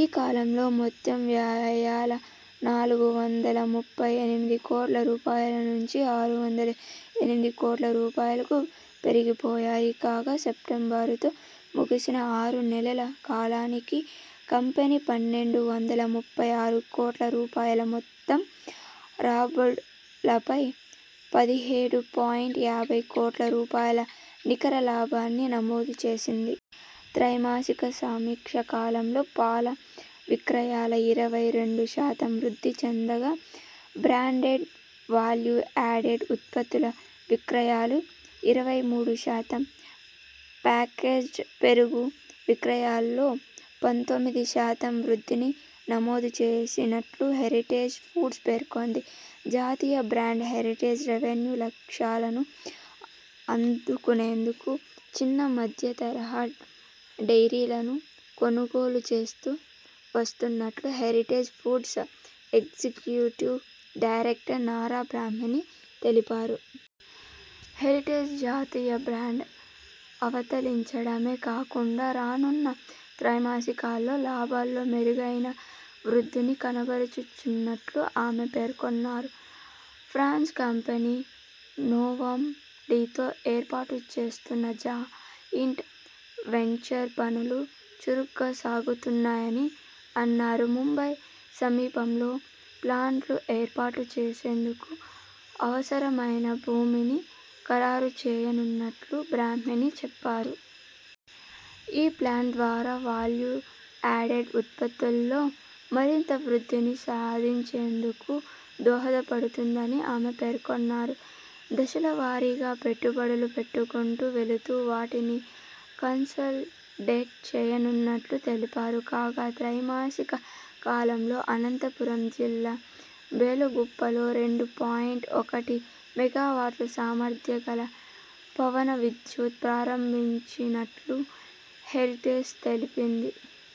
ఈ కాలంలో మొత్తం వ్యయాలు నాలుగు వందల ముప్పై ఎనిమిది కోట్ల రూపాయల నుంచి ఆరు వందల ఎనిమిది కోట్ల రూపాయలకు పెరిగిపోయాయి. కాగా సెప్టెంబరుతో ముగిసిన ఆరు నెలల కాలానికి కంపెనీ పన్నెండు వందల ముప్పై ఆరు కోట్ల రూపాయల మొత్తం రాబడులపై పదిహేడు పాయింట్ యాభై కోట్ల రూపాయల నికర లాభాన్ని నమోదు చేసింది. త్రైమాసిక సమీక్షా కాలంలో పాల విక్రయాలు ఇరవై రెండు శాతం వృద్ధి చెందగా బ్రాండెడ్ వాల్యూ యాడెడ్ ఉత్పత్తుల విక్రయాలు ఇరవై మూడు శాతం, ప్యాకేజ్డ్ పెరుగు విక్రయాల్లో పంతొమ్మిది శాతం వృద్ధిని నమోదు చేసినట్లు హెరిటేజ్ ఫుడ్స్ పేర్కొంది. జాతీయ బ్రాండ్ హెరిటేజ్.. రెవెన్యూ లక్ష్యాలను అందుకునేందుకు చిన్న, మధ్యతరహా డెయిరీలను కొనుగోలు చేస్తూ వస్తున్నట్లు Heritage Foods executive director Nara Brahmani తెలిపారు. హెరిటేజ్ జాతీయ బ్రాండ్ అవతరించటమే కాకుండా రానున్న త్రైమాసికాల్లో లాభాల్లో మెరుగైన వృద్ధిని కనబరచనున్నట్లు ఆమె పేర్కొన్నారు. ఫ్రాన్స్ కంపెనీ నొవాండీతో ఏర్పాటు చేస్తున్న జాయింట్ వెంచర్ పనులు చురుగ్గా సాగుతున్నాయని అన్నారు. ముంబై సమీపంలో ప్లాంట్ను ఏర్పాటు చేసేందుకు అవసరమైన భూమిని ఖరారు చేయనున్నట్లు బ్రాహ్మణి చెప్పారు. ఈ ప్లాంట్ ద్వారా వాల్యూ యాడెడ్ ఉత్పత్తుల్లో మరింత వృద్ధిని సాధించేందుకు దోహదపడుతుందని ఆమె పేర్కొన్నారు. దశలవారీగా పెట్టుబడులు పెట్టుకుంటూ వెళుతూ వాటిని కన్సాలిడేట్ చేయనున్నట్లు తెలిపారు. కాగా త్రైమాసిక కాలంలో అనంతపురం జిల్లా బెలుగుప్పలో రెండు పాయింట్ ఒకటి మెగావాట్ల సామర్థ్యం గల పవన విద్యుత్ ప్రారంభించినట్లు హెరిటేజ్ తెలిపింది.